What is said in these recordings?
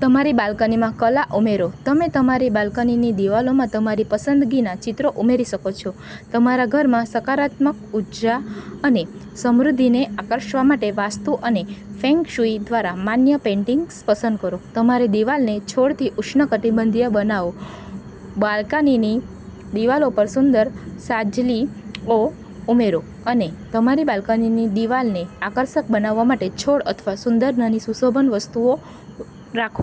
તમારી બાલ્કનીમાં કલા ઉમેરોતમે તમારી બાલ્કનીની દિવાલોમાં તમારી પસંદગીના ચિત્રો ઉમેરી શકો છો. તમારા ઘરમાં સકારાત્મક ઉર્જા અને સમૃદ્ધિને આકર્ષવા માટે વાસ્તુ અને ફેંગશુઈ દ્વારા માન્ય પેઇન્ટિંગ્સ પસંદ કરો. તમારી દિવાલને છોડથી ઉષ્ણકટિબંધીય બનાવોબાલ્કનીની દિવાલો પર સુંદર છાજલીઓ ઉમેરો અને તમારી બાલ્કનીની દિવાલને આકર્ષક બનાવવા માટે છોડ અથવા સુંદર નાની સુશોભન વસ્તુઓ રાખો.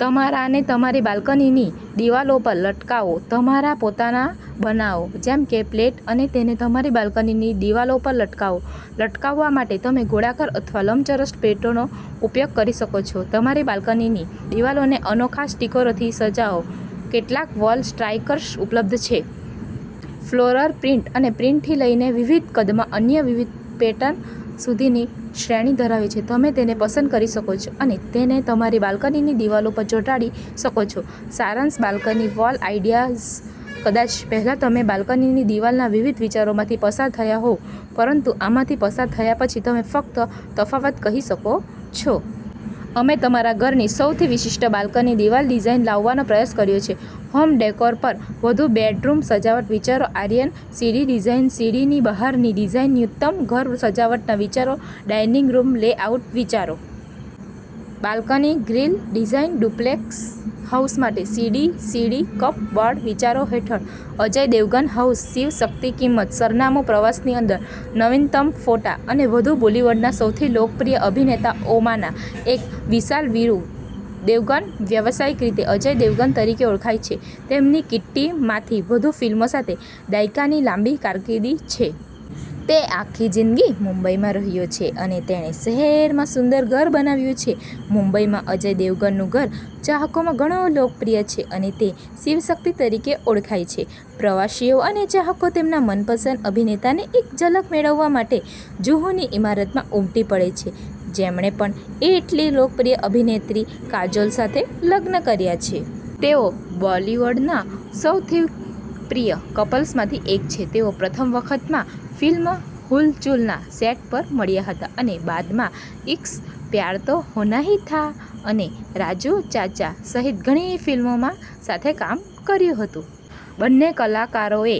તમારા ને તમારી બાલ્કનીની દિવાલો પર લટકાવોતમારા પોતાના બનાવો, જેમ કે પ્લેટ અને તેને તમારી બાલ્કનીની દિવાલો પર લટકાવો. લટકાવવા માટે તમે ગોળાકાર અથવા લંબચોરસ પ્લેટોનો ઉપયોગ કરી શકો છો. તમારી બાલ્કનીની દિવાલોને અનોખા સ્ટીકરોથી સજાવોકેટલાક વોલ સ્ટ્રાઈકર્સ ઉપલબ્ધ છે. ફ્લોરલ પ્રિન્ટ અને પ્રિન્ટથી લઈને વિવિધ કદમાં અન્ય વિવિધ પેટર્ન સુધીની શ્રેણી ધરાવે છે. તમે તેને પસંદ કરી શકો છો અને તેને તમારી બાલ્કનીની દિવાલો પર ચોંટાડી શકો છો. સારાંશબાલ્કની વોલ આઇડિયાઝ કદાચ પહેલાં તમે બાલ્કનીની દિવાલના વિવિધ વિચારોમાંથી પસાર થયા હોવ પરંતુ આમાંથી પસાર થયા પછી તમે ફક્ત તફાવતકહી શકો છો. અમે તમારા ઘરની સૌથી વિશિષ્ટ બાલ્કની દિવાલ ડિઝાઇન લાવવાનો પ્રયાસ કર્યો છે. હોમ ડેકોર પર વધુ બેડરૂમ સજાવટ વિચારો આયર્ન સીડી ડિઝાઇન સીડીની બહારની ડિઝાઇન ન્યૂનતમ ઘર સજાવટના વિચારો ડાઇનિંગ રૂમ લેઆઉટ વિચારો balcony grill design duplex house માટે સીડી સીડી કપબોર્ડ વિચારો હેઠળ અજય દેવગન હાઉસ શિવશક્તિકિંમત, સરનામું, પ્રવાસની અંદર, નવીનતમ ફોટા અને વધુ બોલિવૂડના સૌથી લોકપ્રિય અભિનેતાઓમાંના એક, વિશાલ વીરુ દેવગન, વ્યવસાયિક રીતે અજય દેવગન તરીકે ઓળખાય છે, તેમની કિટ્ટીમાં થી વધુ ફિલ્મો સાથે દાયકાની લાંબી કારકિર્દી છે. તે આખી જીંદગી મુંબઈમાં રહ્યો છે અને તેણે શહેરમાં સુંદર ઘર બનાવ્યું છે. મુંબઈમાં અજય દેવગનનું ઘર ચાહકોમાં ઘણું લોકપ્રિય છે અને તે 'શિવશક્તિ' તરીકે ઓળખાય છે. પ્રવાસીઓ અને ચાહકો તેમના મનપસંદ અભિનેતાની એક ઝલક મેળવવા માટે જુહુનીઇમારતમાં ઉમટી પડે છે, જેમણે પણ એટલીલોકપ્રિય અભિનેત્રી, કાજોલ સાથે લગ્ન કર્યા છે. તેઓ બોલિવૂડના સૌથી પ્રિય કપલ્સમાંથી એક છે. તેઓ પ્રથમ વખત માં ફિલ્મ "હુલચુલ" ના સેટ પર મળ્યા હતા અને બાદમાં "ઇશ્ક," "પ્યાર તો હોના હી થા," અને "રાજુ ચાચા" સહિત ઘણી ફિલ્મોમાં સાથે કામ કર્યું હતું. બંને કલાકારોએ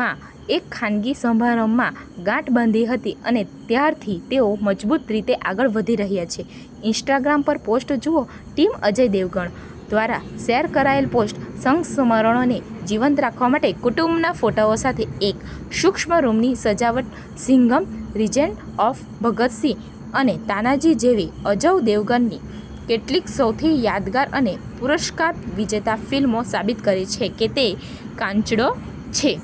માં એક ખાનગી સમારંભમાં ગાંઠ બાંધી હતી અને ત્યારથી તેઓ મજબૂત રીતે આગળ વધી રહ્યા છે. ઇન્સ્ટાગ્રામ પરપોસ્ટ જુઓ ટીમ અજય દેવગણ દ્વારા શેર કરાયેલ પોસ્ટ સંસ્મરણોને જીવંત રાખવા માટે કુટુંબના ફોટાઓ સાથે એક સૂક્ષ્મ રૂમની સજાવટ સિંઘમ, લિજેન્ડ ઓફ ભગત સિંહ અને તાનાજી જેવી અજવ દેવગનની કેટલીક સૌથી યાદગાર અને પુરસ્કાર વિજેતા ફિલ્મો સાબિત કરે છે કે તે કાચંડો છે.